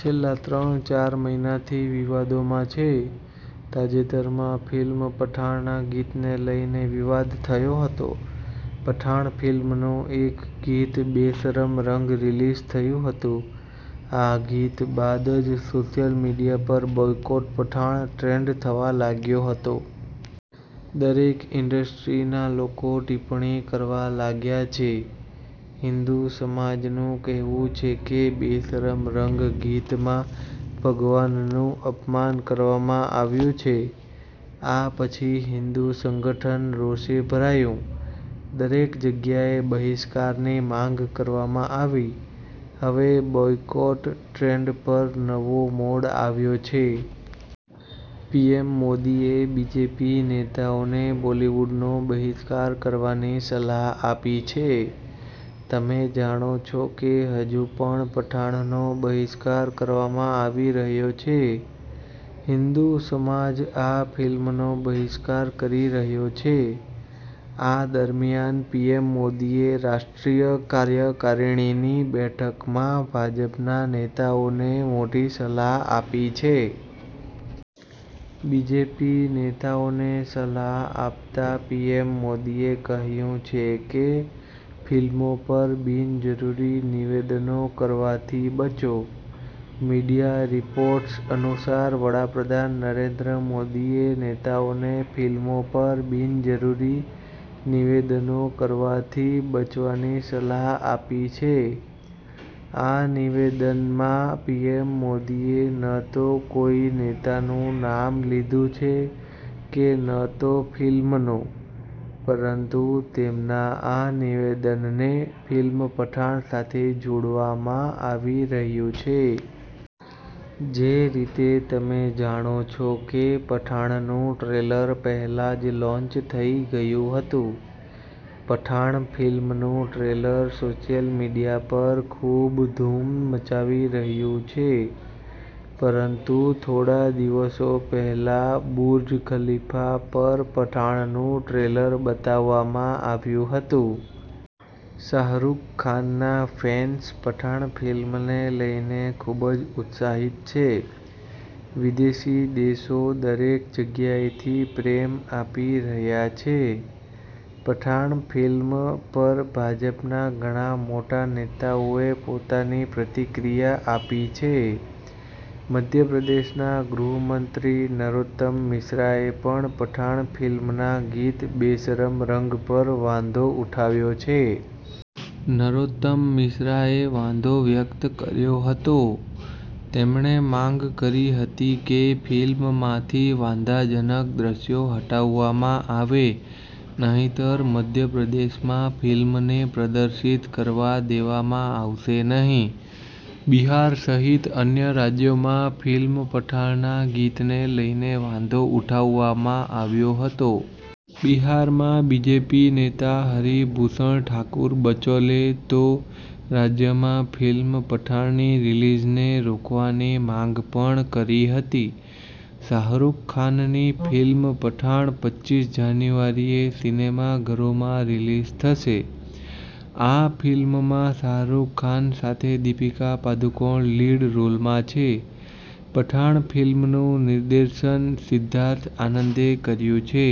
છેલ્લા ત્રણ-ચાર મહિનાથી વિવાદોમાં છે. તાજેતરમાં ફિલ્મ પઠાણના ગીતને લઈને વિવાદ થયો હતો. પઠાણ ફિલ્મનું એક ગીત બેશરમ રંગ રિલીઝ થયું હતું, આ ગીત બાદ જ સોશિયલ મીડિયા પર બોયકોટ પઠાણ ટ્રેન્ડ થવા લાગ્યો હતો. દરેક ઈન્ડસ્ટ્રીના લોકો ટીપ્પણી કરવા લાગ્યા છે, હિન્દુ સમાજનું કહેવું છે કે બેશરમ રંગ ગીતમાં ભગવાનું અપમાન કરવામાં આવ્યું છે. આ પછી હિન્દુ સંગઠન રોષે ભરાયું, દરેક જગ્યાએ બહિષ્કારની માંગ કરવામાં આવી. હવે બોયકોટ ટ્રેન્ડ પર નવો મોડ આવ્યો છે. પીએમ મોદી એ બીજેપી નેતાઓને બોલીવુડનો બહિષ્કાર કરવાની સલાહ આપી છે. તમે જાણો છો કે હજુ પણ પઠાણનો બહિષ્કાર કરવામાં આવી રહ્યો છે. હિંદુ સમાજ આ ફિલ્મનો બહિષ્કાર કરી રહ્યો છે. આ દરમિયાન પીએમ મોદીએ રાષ્ટ્રીય કાર્યકારિણીની બેઠકમાં ભાજપના નેતાઓને મોટી સલાહ આપી છે. બીજેપી નેતાઓને સલાહ આપતા પીએમ મોદીએ કહ્યું છે કે ફિલ્મો પર બિનજરૂરી નિવેદનો કરવાથી બચો. મીડિયા રિપોર્ટ્સ અનુસાર વડાપ્રધાન નરેન્દ્ર મોદીએ નેતાઓને ફિલ્મો પર બિનજરૂરી નિવેદનો કરવાથી બચવાની સલાહ આપી છે. આ નિવેદનમાં પીએમ મોદીએ ન તો કોઈ નેતાનું નામ લીધું છે કે ન તો ફિલ્મનું, પરંતુ તેમના આ નિવેદનને ફિલ્મ પઠાણ સાથે જોડવામાં આવી રહ્યું છે. જે રીતે તમે જાણો છો કે પઠાણનું ટ્રેલર પહેલા જ લોન્ચ થઈ ગયું હતું. પઠાણ ફિલ્મનું ટ્રેલર સોશિયલ મીડિયા પર ખૂબ ધૂમ મચાવી રહ્યું છે. પરંતુ થોડા દિવસો પહેલા બુર્જ ખલીફા પર પઠાણનું ટ્રેલર બતાવવામાં આવ્યું હતું. શાહરૂખ ખાનના ફેન્સ પઠાણ ફિલ્મને લઈને ખૂબ જ ઉત્સાહિત છે. વિદેશી દેશો દરેક જગ્યાએથી પ્રેમ આપી રહ્યા છે. પઠાણ ફિલ્મ પર ભાજપના ઘણા મોટા નેતાઓએ પોતાની પ્રતિક્રિયા આપી છે. મધ્યપ્રદેશના ગૃહમંત્રી નરોત્તમ મિશ્રાએ પણ પઠાણ ફિલ્મના ગીત બેશરમ રંગ પર વાંધો ઉઠાવ્યો છે. નરોત્તમ મિશ્રા એ વાંધો વ્યક્ત કર્યો હતો. તેમણે માંગ કરી હતી કે ફિલ્મમાંથી વાંધાજનક દ્રશ્યો હટાવવામાં આવે નહીંતર મધ્યપ્રદેશમાં ફિલ્મને પ્રદર્શિત કરવા દેવામાં આવશે નહીં. બિહાર સહિત અન્ય રાજ્યોમાં ફિલ્મ પઠાણના ગીતને લઈને વાંધો ઉઠાવવામાં આવ્યો હતો. બિહારમાં બીજેપી નેતા હરિ ભૂષણ ઠાકુર બચૌલે તો રાજ્યમાં ફિલ્મ પઠાણની રિલીઝને રોકવાની માંગ પણ કરી હતી. શાહરૂખ ખાનની ફિલ્મ પઠાણ પચીસ જાન્યુઆરીએ સિનેમાઘરોમાં રિલીઝ થશે. આ ફિલ્મમાં શાહરૂખ ખાન સાથે દીપિકા પાદુકોણ લીડ રોલમાં છે. પઠાણ ફિલ્મનું નિર્દેશન સિદ્ધાર્થ આનંદે કર્યું છે.